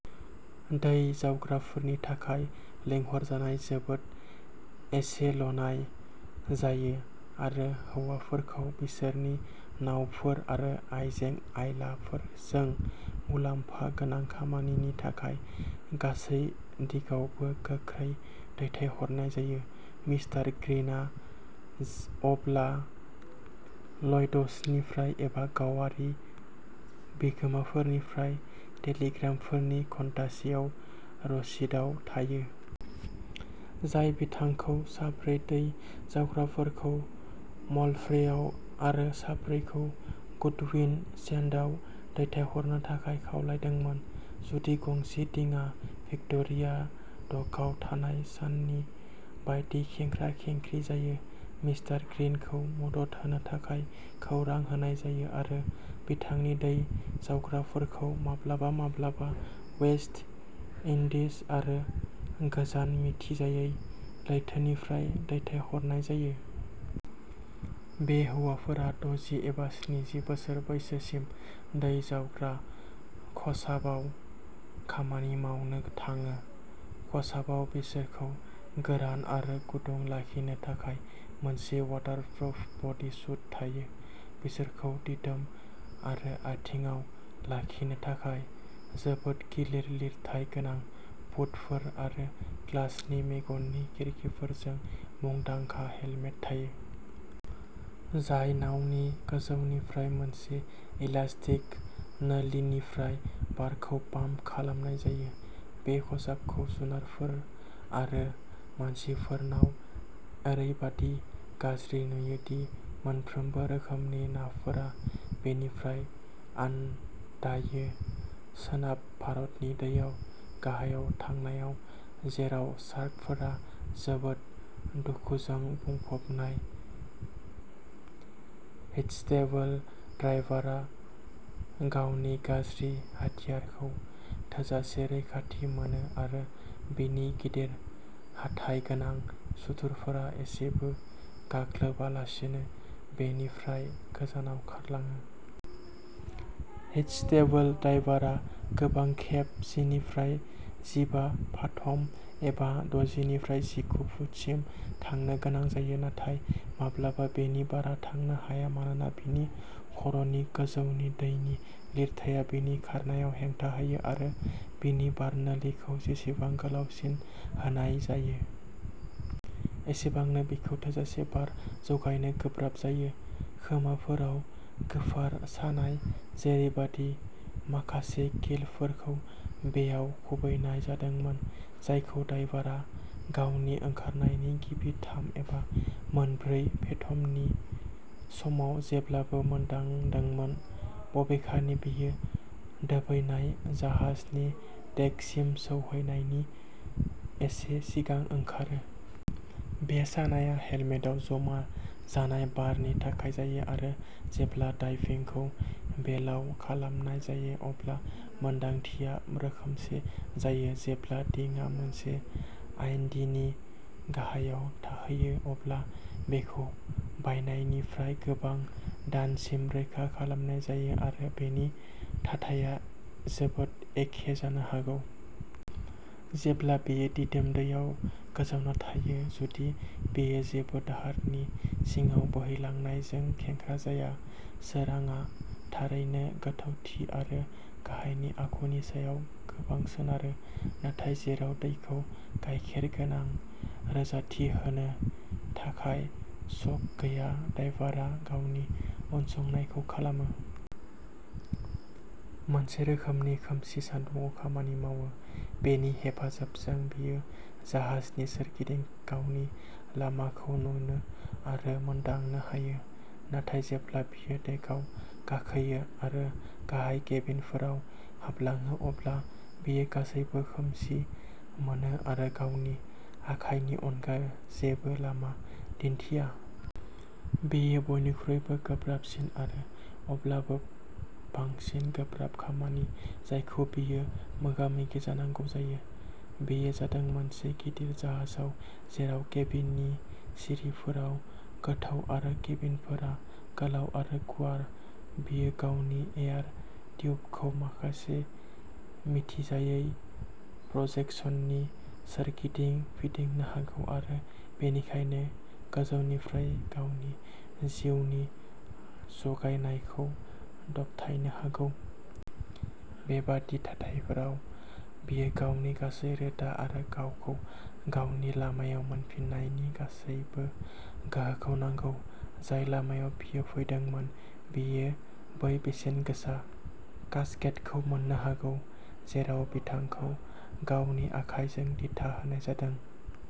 दै जावग्राफोरनि थाखाय लिंहरजानाय जोबोद एसेल'नाय जायो आरो हौवाफोरखौ बिसोरनि नावफोर आरो आइजें-आइलाफोरजों मुलाम्फा गोनां खामानिनि थाखाय गासै दिगावबो गोख्रै दैथायहरनाय जायो। मिस्टार ग्रीनआ अब्ला ल'यड्सनिफ्राय एबा गावारि बिगोमाफोरनिफ्राय टेलिग्रामफोरनि घन्टासेआव रसिदआव थायो। जाय बिथांखौ साब्रै दै जावग्राफोरखौ म'ल्फ्रेआव आरो साब्रैखौ गुडविन सैंडआव दैथायहरनो थाखाय खावलायदोंमोन। जुदि गंसे दिङा भिक्ट'रिया डकआव थांनाय साननि बायदि खेंख्रा-खेंख्रि जायो। मिस्टार ग्रीनखौ मदद होनो थाखाय खौरां होनाय जायो आरो बिथांनि दै जावग्राफोरखौ माब्लाबा-माब्लाबा वेस्ट इंडिज आरो गोजान मिथिजायै लैथोनिफ्राय दैथायहरनाय जायो। बे हौवाफोरा दजि एबा स्निजि बोसोर बैसोसिम दै जावग्रा खसाबाव खामानि मावनो थाङो। खसाबाव बिसोरखौ गोरान आरो गुदुं लाखिनो थाखाय मोनसे वाटारप्रुफ बडी सुट थायो। बिसोरखौ दिदोम आरो आथिंआव लाखिनो थाखाय जोबोद गिलिर लिरथाय गोनां बुटफोर आरो ग्लासनि मेगननि खिरखिफोरजों मुंदांखा हेलमेट थायो। जाय नावनि गोजौनिफ्राय मोनसे इलास्टिक नोलिनिफ्राय बारखौ पाम्प खालामनाय जायो। बे खसाबखौ जुनारफोर आरो मानसिफोरनाव ओरैबादि गाज्रि नुयो दि मोनफ्रोमबो रोखोमनि नाफोरा बेनिफ्राय आनदायो। सोनाब भारतनि दैयाव गाहायाव थांनायाव जेराव शार्कफोरा जोबोद दुखुजों बुंफबनाय हिटस्टेबल डाइभारआ गावनि गाज्रि हाथियारखौ थोजासे रैखाथि मोनो आरो बिनि गिदिर हाथाइ गोनां सुथुरफोरा एसेबो गाग्लोबालासेनो बेनिफ्राय गोजानाव खारलाङो। हिटस्टेबल डाइभारआ गोबां खेब जिनिफ्राय जिबा फाथम एबा दजिनिफ्राय जिगु फुटसिम थांनो गोनां जायो। नाथाय माब्लाबा बेनि बारा थांनो हाया मानोना बिनि खर'नि गोजौनि दैनि लिरथाया बिनि खारनायाव हेंथा होयो आरो बिनि बार नोलिखौ जेसेबां गोलावसिन होनाय जायो। एसेबांनो बिखौ थोजासे बार जगायनो गोब्राब जायो। खोमाफोराव गोफार सानाय जेरैबादि। माखासे किलफोरखौ बेयाव खुबैनाय जादोंमोन। जायखौ डायभारआ गावनि ओंखारनायनि गिबि थाम एबा मोनब्रै फेथमनि समाव जेब्लाबो मोनदांदोंमोन। बबेखानि बेयो दोबैनाय जाहाजनि डेकसिम सौहैनायनि एसे सिगां ओंखारो। बे सानाया हेलमेटआव जमा जानाय बारनि थाखाय जायो आरो जेब्ला डाइभिंखौ बेलआव खालामनाय जायो अब्ला मोन्दांथिया रोखोमसे जायो। जेब्ला दिङा मोनसे आइन्डीनि गाहायाव थाहैयो अब्ला बेखौ बायनायनिफ्राय गोबां दानसिम रैखा खालामनाय जायो आरो बेनि थाथाया जोबोद एखे जानो हागौ। जेब्ला बेयो दिदोम दैयाव गोजावना थायो जुदि बेयो जेबो दाहारनि सिङाव बोहैलांनायजों खेंख्रा जाया। सोरांआ थारैनो गोथौथि आरो गाहायनि आखुनि सायाव गोबां सोनारो। नाथाय जेराव दैखौ गायखेर गोनां रोजाथि होनो थाखाय चक गैया डायभारआ गावनि उनसंनायखौ खालामो। मोनसे रोखोमनि खोमसि सान्दुंआव खामानि मावो। बेनि हेफाजाबजों बियो जाहाजनि सोरगिदिं गावनि लामाखौ नुनो आरो मोनदांनो हायो। नाथाय जेब्ला बियो डेकआव गाखोयो आरो गाहाय केबिनफोराव हाबलाङो अब्ला बियो गासैबो खोमसि मोनो आरो गावनि आखाइनि अनगा जेबो लामा दिन्थिया। बेयो बयनिख्रुइबो गोब्राबसिन आरो अब्लाबो बांसिन गोब्राब खामानि जायखौ बियो मोगा-मोगि जानांगौ जायो। बेयो जादों मोनसे गिदिर जाहाजाव जेराव केबिननि सिरिफोरा गोथौ आरो केबिनफोरा गोलाव आरो गुवार। बियो गावनि एयार टिउबखौ माखासे मिथिजायै प्रजेकसननि सोरगिदिं फिदिंनो हागौ आरो बेनिखायनो गोजौनिफ्राय गावनि जिउनि जगायनायखौ दबथायनो हागौ। बेबादि थाथायफोराव बियो गावनि गासै रोदा आरो गावखौ गावनि लामायाव मोनफिननायनि गासैबो गोहोखौ नांगौ। जाय लामायाव बियो फैदोंमोन। बियो बै बेसेनगोसा कास्केटखौ मोननो हागौ। जेराव बिथांखौ गावनि आखायजों दिथा होनाय जादों।